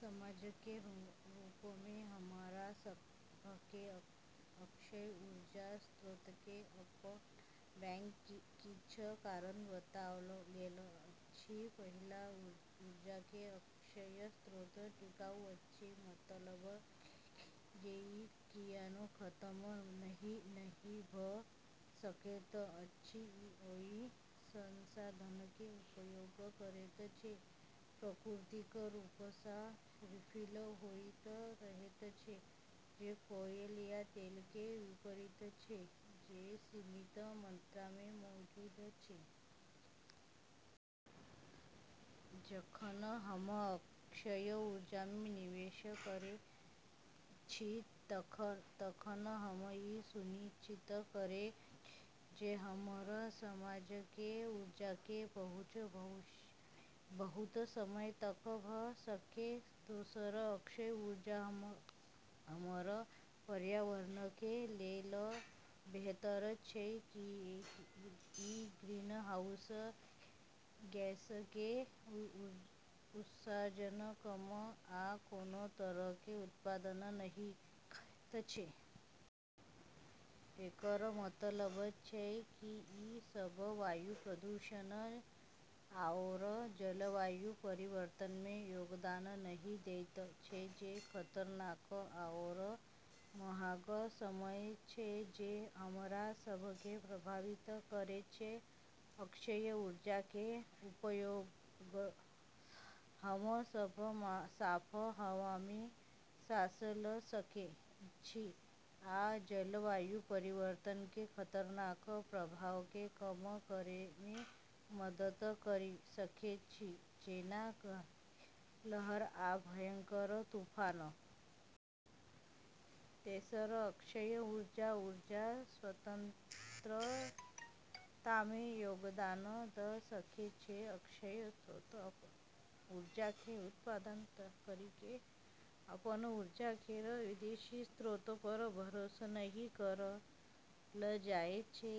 समाजके रूपमे हमरा सभके अक्षय ऊर्जा स्रोतके अपनाबैके किछ कारण बताओल गेल अछि: पहिल, ऊर्जाके अक्षय स्रोत टिकाऊ अछि, मतलब जे ई कहियो खतम नहि भ' सकैत अछि। ई ओइ संसाधनके उपयोग करैत छै जे प्राकृतिक रूपसँ रिफिल होइत रहैत छै, जे कोयला या तेलके विपरीत छै जे सीमित मात्रामे मौजूद छै। जखन हम अक्षय ऊर्जामे निवेश करै छी तखन हम ई सुनिश्चित करै छी जे हमर समाजके ऊर्जाके पहुँच भविष्यमे बहुत समय तक भ' सकै। दोसर, अक्षय ऊर्जा हमर पर्यावरणके लेल बेहतर छै, कियाकि ई ग्रीनहाउस गैसके उत्सर्जन कम या कोनो तरहके उत्पादन नहि करैत छै। एकर मतलब छै कि ई सब वायु प्रदूषण आओर जलवायु परिवर्तनमे योगदान नहि दैत छै, जे खतरनाक आओर महाग समस्या छै जे हमरा सबके प्रभावित करै छै। अक्षय ऊर्जाके उपयोगसँ हम सब साफ हवामे सांस ल' सकै छी, आ जलवायु परिवर्तनके खतरनाक प्रभावके कम करैमे मदद करि सकै छी, जेना गर्मीके लहर आ भयंकर तूफान। तेसर, अक्षय ऊर्जा, ऊर्जा- स्वतंत्रतामे योगदान द' सकै छै। अक्षय स्रोतसँ अपन ऊर्जाके उत्पादन करिके अपन ऊर्जा केर विदेशी स्रोत पर भरोस नहि करल जाइ छै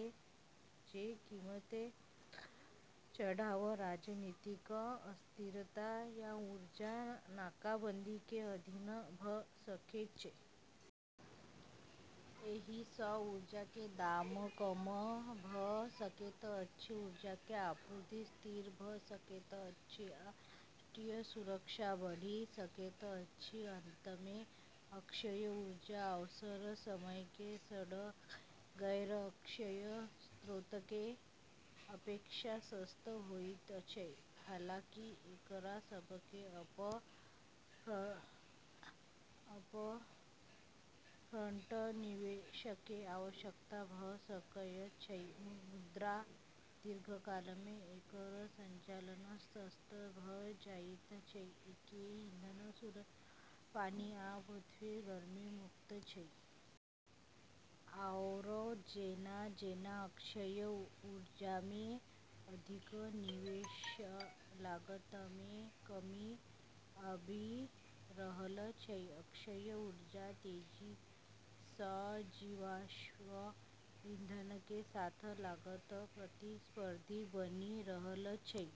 जे कीमतमे उतार-चढ़ाव, राजनीतिक अस्थिरता या ऊर्जा नाकाबंदीके अधीन भ' सकै छै। एहिसँ ऊर्जाके दाम कम भ' सकैत अछि, ऊर्जाके आपूर्ति स्थिर भ' सकैत अछि, आ राष्ट्रीय सुरक्षा बढ़ि सकैत अछि। अंतमे, अक्षय ऊर्जा अक्सर समयके सङ्ग गैर-अक्षय स्रोतके अपेक्षा सस्त होइत छै। हालांकि एकरा सबके अप-फ्रंट निवेशके आवश्यकता भ' सकय छै, मुदा दीर्घकालमे एकर संचालन सस्त भ' जाइत छै, किएकि ईंधन (सूरज, हवा, पानि, आ पृथ्वीसँ गर्मी) मुफ्त छै। आओर जेना-जेना अक्षय ऊर्जामे अधिक निवेशसँ लागतमे कमी आबि रहल छै, अक्षय ऊर्जा तेजीसँ जीवाश्म ईंधनके साथ लागत-प्रतिस्पर्धी बनि रहल छै।